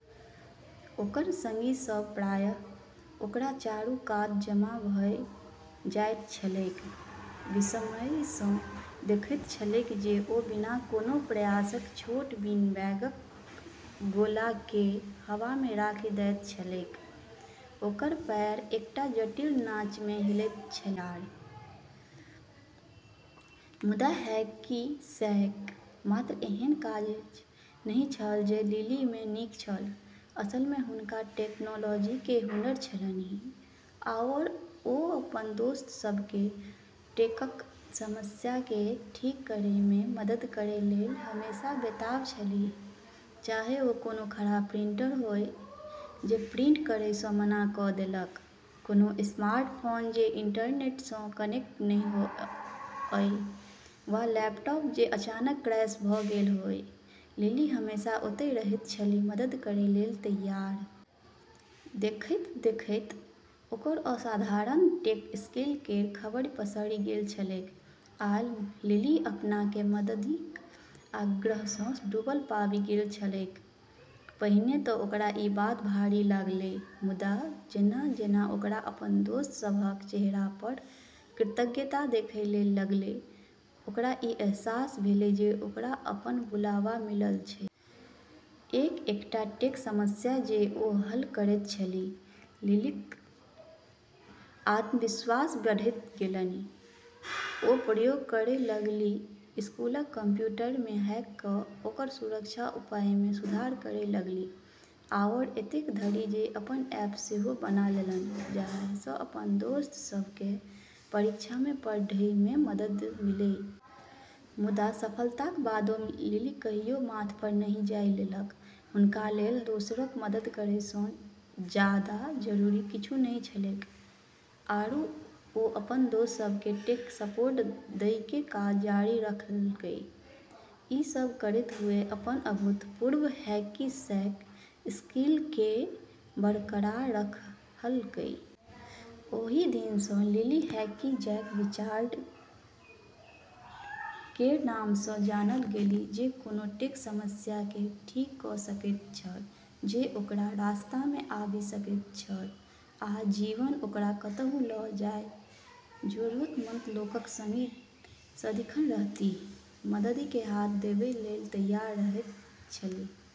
ओकर संगी सभ प्रायः ओकरा चारू कात जमा भऽ जाइत छलैक, विस्मयसँ देखैत छलैक जे ओ बिना कोनो प्रयासक छोट बीनबैगक गोलाकेँ हवामे राखि दैत छलैक, ओकर पैर एकटा जटिल नाचमे हिलैत छलैक। मुदा हैकी-सैक मात्र एहन काज नहि छल जे लिलीमे नीक छल। असलमे हुनका टेक्नोलॉजीके हुनर छलन्हि आओर ओ अपन दोस्त सभकेँ टेकक समस्याकेँ ठीक करैमे मदद करै लेल हमेशा बेताब छलीह। चाहे ओ कोनो खराब प्रिंटर होअए जे प्रिंट करैसँ मना कऽ देलक, कोनो स्मार्टफोन जे इंटरनेटसँ कनेक्ट नहि होअए, वा लैपटॉप जे अचानक क्रैश भऽ गेल होअए, लिली हमेशा ओतए रहैत छलीह, मदद करै लेल तैयार। देखैत-देखैत ओकर असाधारण टेक स्किल केर खबरि पसरि गेल छलैक, आ लिली अपनाकेँ मददिक आग्रहसँ डूबल पाबि गेल छलैक। पहिने तऽ ओकरा ई बात भारी लागलै, मुदा जेना-जेना ओकरा अपन दोस्त सभक चेहरापर कृतज्ञता देखै लेल लगलै, ओकरा ई अहसास भेलै जे ओकरा अपन बुलावा मिलल छै। एक-एकटा टेक समस्या जे ओ हल करैत छलीह, लिलीक आत्मविश्वास बढ़ैत गेलनि। ओ प्रयोग करै लगलीह, स्कूलक कंप्यूटरमे हैक कऽ ओकर सुरक्षा उपायमे सुधार करै लगलीह, आओर एतेक धरि जे अपन ऐप सेहो बना लेलनि जाहिसँ अपन दोस्त सभकेँ परीक्षामे पढ़ैमे मदद मिलै। मुदा सफलताक बादो लिली कहियो माथपर नहि जाइ लेलक। हुनका लेल दोसरक मदद करैसँ जादा जरूरी किछु नहि छलैक, आरू ओ अपन दोस्त सभकेँ टेक सपोर्ट दैके काज जारी रखलकै, ई सब करैत हुअए अपन अभूतपूर्व हैकी-सैक स्किलकेँ बरकरार रखलकै। ओहि दिनसँ लिली 'हैकी-सैक विज़ार्ड' केर नामसँ जानल गेलीह जे कोनो टेक समस्याकेँ ठीक कऽ सकैत छल जे ओकरा रास्तामे आबि सकैत छल। आ जीवन ओकरा कतहु लऽ जाए, जरूरतमंद लोकक संगी सदिखन रहतीह, मददि के हाथ देबै लेल तैयार रहैत छलीह।